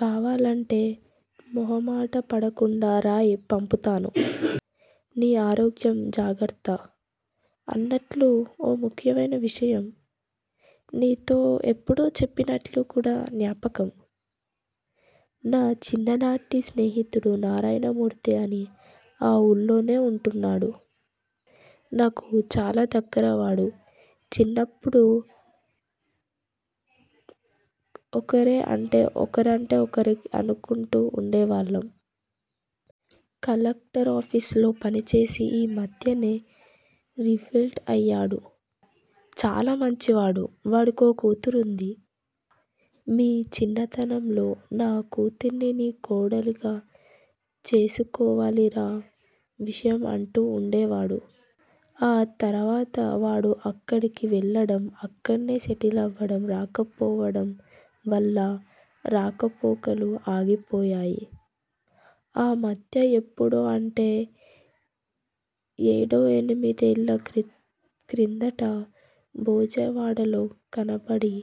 కావాలంటే మొహామాట పడకుండా రాయి పంపుతాను. నీ ఆరోగ్యం జాగ్రత్త. అన్నట్లు ఓ ముఖ్యమైన విషయం. నీతో ఎప్పుడో చెప్పినట్లు కూడా జ్ఞాపకం. నా చిన్న నాటి స్నేహితుడు నారాయణమూర్తి అని ఆ ఊళ్లోనే ఉంటున్నాడు. నాకు చాలా దగ్గర వాడు. చిన్నప్పుడు ఒరే అంటే ఒరే అనుకుంటూ ఉండేవాళ్ళం. కలెక్టరాఫీసులో పనిచేసి ఈ మధ్యనే రిటైర్ అయ్యాడు. చాలా మంచివారు, వాడికో కూతురింది. మీ చిన్నతనంలో నా కూతుర్ని నీ కోడలిగా చేసుకోవాలిరా విశ్వం! అంటూ ఉండేవాడు. ఆ తరువాత వాడు అక్కడికి వెళ్ళడం, అక్కడే సెటిల్ అయిపోవడం వల్ల రాకపోకలు ఆగిపోయాయి. ఆ మధ్య ఎప్పుడో అంటే ఏడెనిమిదేళ్ళ క్రిందట బెజవాడలో కనబడి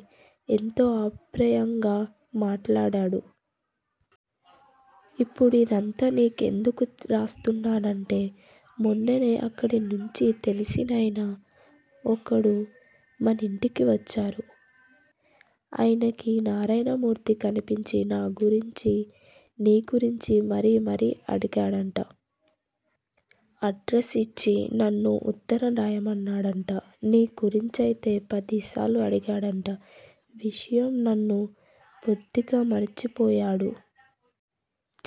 ఎంతో ఆప్యాయంగా మాట్లాడాడు. ఇప్పుడు ఇదంతా నీ కెందుకు రాస్తున్నానంటే మొన్ననే అక్కడినించే తెలిసినాయన ఒకడు మనింటికి వచ్చాడు. ఆయనకీ నారాయణమూర్తి కనిపించి నా గురించి నీ గురించీ మరీ మరీ అడిగాడట. అడ్రస్ ఇచ్చి నన్ను ఉత్తరం రాయమన్నాడట, నీ గురించి అయితే పదిసార్లు అడిగాడుట, విశ్వం నన్ను బొత్తిగా మర్చేపోయాడు.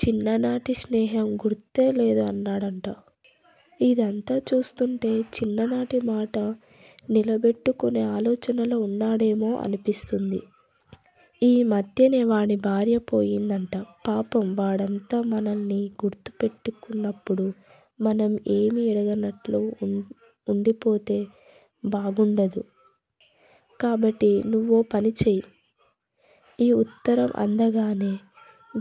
చిన్న నాటి స్నేహం గుర్తే లేదు అన్నాడుట. ఇదంతా చూస్తుంటే చిన్ననాటి మాట నిలబెట్టుకునే ఆలోచనలో ఉన్నాడేమో అనిపిస్తుంది. ఈ మధ్యనే వాడి భార్య పోయిందట పాపం వాడంతగా మనలని గుర్తు చేసుకుంటున్నప్పుడు మనం ఏమీ ఎరగనట్లు ఉండిపోతే బాగుండదు. కాబట్టి నువ్వో పనిచెయ్. ఈ ఉత్తరం అందగానే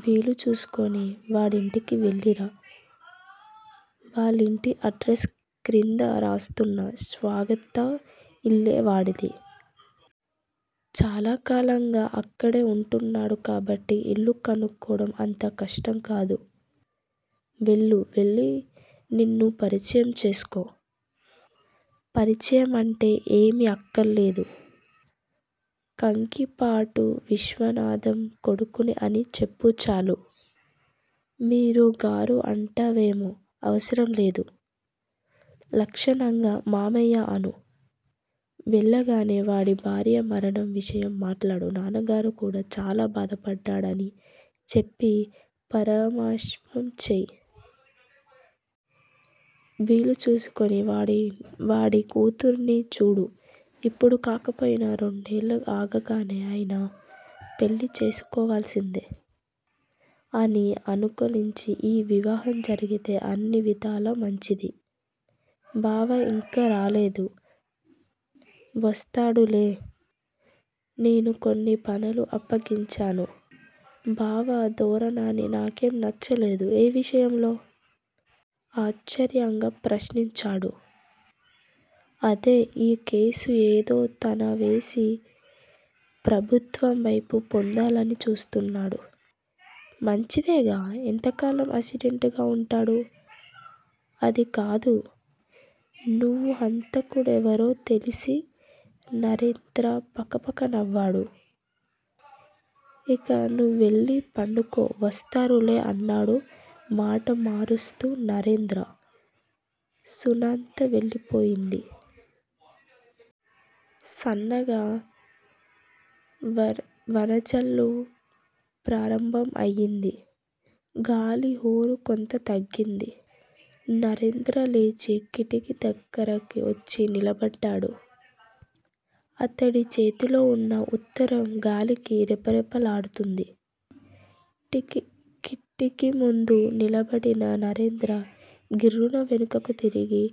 వీలు చూసుకుని వాడింటికి వెళ్ళిరా, వాళ్ళింటి అడ్రస్ క్రింద రాస్తున్నాను స్వంత ఇల్లే వాడిది. చాలాకాలంగా అక్కడే ఉంటున్నాడు కాబట్టి ఇల్లు కనుక్కోవడం అంత కష్టం కాదు. వెళ్ళు వెళ్ళి నిన్ను పరిచయం చేసుకో. పరిచయం అంటే ఏమీ అక్కర్లేదు. కంకిపాడు విశ్వనాధం కొడుకుని అని చెప్పు చాలు. మీరు, గారు అంటావేమో అవసరం లేదు. లక్షణంగా మావయ్యా అను. వెళ్ళగానే వాడి భార్య మరణం విషయం మాట్లాడు నాన్నగారు కూడా చాలా బాధపడ్డారు అని చెప్పి పరామర్శ చెయ్యి. వీలు చూసుకుని వాడి కూతురిని చూడు, ఇప్పుడు కాకపోయినా రెండేళ్ళు ఆగాక అయినా పెళ్ళి చేసుకోవలసిందే. అన్నీ అనుకూలించి ఈ వివాహం జరిగితే అన్ని విధాలా మంచిది. బావ ఇంకా రాలేదు. వస్తాడులే. నేను కొన్ని పనులు అప్పగించాను. బావ ధోరణి నాకేం నచ్చలేదు. ఏ విషయంలో? ఆశ్చర్యంగా ప్రశ్నించాడు. అదే ఈ కేసు ఏదో తనే వేసి ప్రభుత్వం మెప్పు పొందాలని చూస్తున్నాడు. మంచిదేగా? ఎంతకాలం అసిస్టెంటుగా ఉంటాడు? అది కాదు. నువ్వు హంతకుడెవరో తెలిసీ నరేంద్ర పకపక నవ్వాడు. ఇక నువ్వెళ్ళి పడుకో, వస్తారులే అన్నాడు మాట మారుస్తూ నరేంద్ర. సునంద వెళ్ళిపోయింది. సన్నగా వానజల్లు ప్రారంభం అయింది. గాలి హొరు కొంత తగ్గింది. నరేంద్ర లేచి కిటికీ దగ్గర కొచ్చి నిలబడ్డాడు. అతడి చేతిలో ఉన్న ఉత్తరం గాలికి రెపరెపలాడుతోంది. కిటికీ ముందు నిలబడిన నరేంద్ర గిర్రున వెనక్కు తిరిగి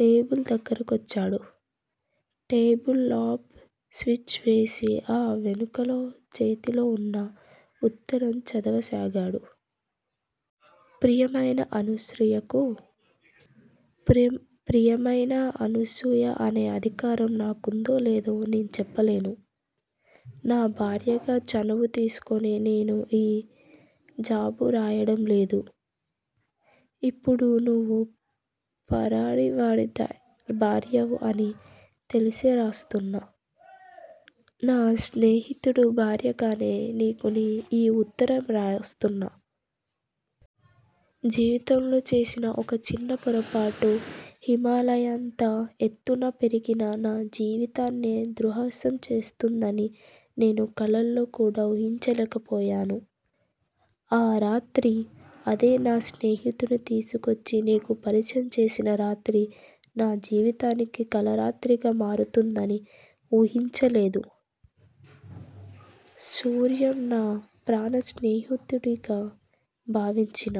టేబుల్ దగ్గర కొచ్చాడు. టేబుల్ లాంప్ స్విచ్ వేసి ఆ వెలుగులో చేతిలో ఉన్న ఉత్తరం చదవసాగాడు. ప్రియమైన అనసూయకు. ప్రియమైన అనసూయ అనే అధికారం నాకుందో లేదో నేను చెప్పలేను. నా భార్యగా చనువు తీసుకొని నేను ఈ జాబు రాయడం లేదు. ఇప్పుడు నువ్వు పరాయి వాడి భార్యవని తెలిసే రాస్తున్నాను. నా స్నేహితుడి భార్యగానే నీకు నేను ఈ ఉత్తరం రాస్తున్నాను. జీవితంలో చేసిన ఒక చిన్న పొరపాటు, హిమాలయమంత ఎత్తున పెరిగి నా జీవితాన్నే ధ్వంసం చేస్తుందని నేను కలలో కూడా ఉహించలేక పోయాను. ఆ రాత్రి అదే నా స్నేహితుడ్ని తీసుకోచ్చి నీకు పరిచయం చేసిన రాత్రి, నా జీవితానికి కళరాత్రిగా మారుతుందని ఉహించలేదు. సూర్యం, నా ప్రాణం స్నేహితుడిగా భావించిన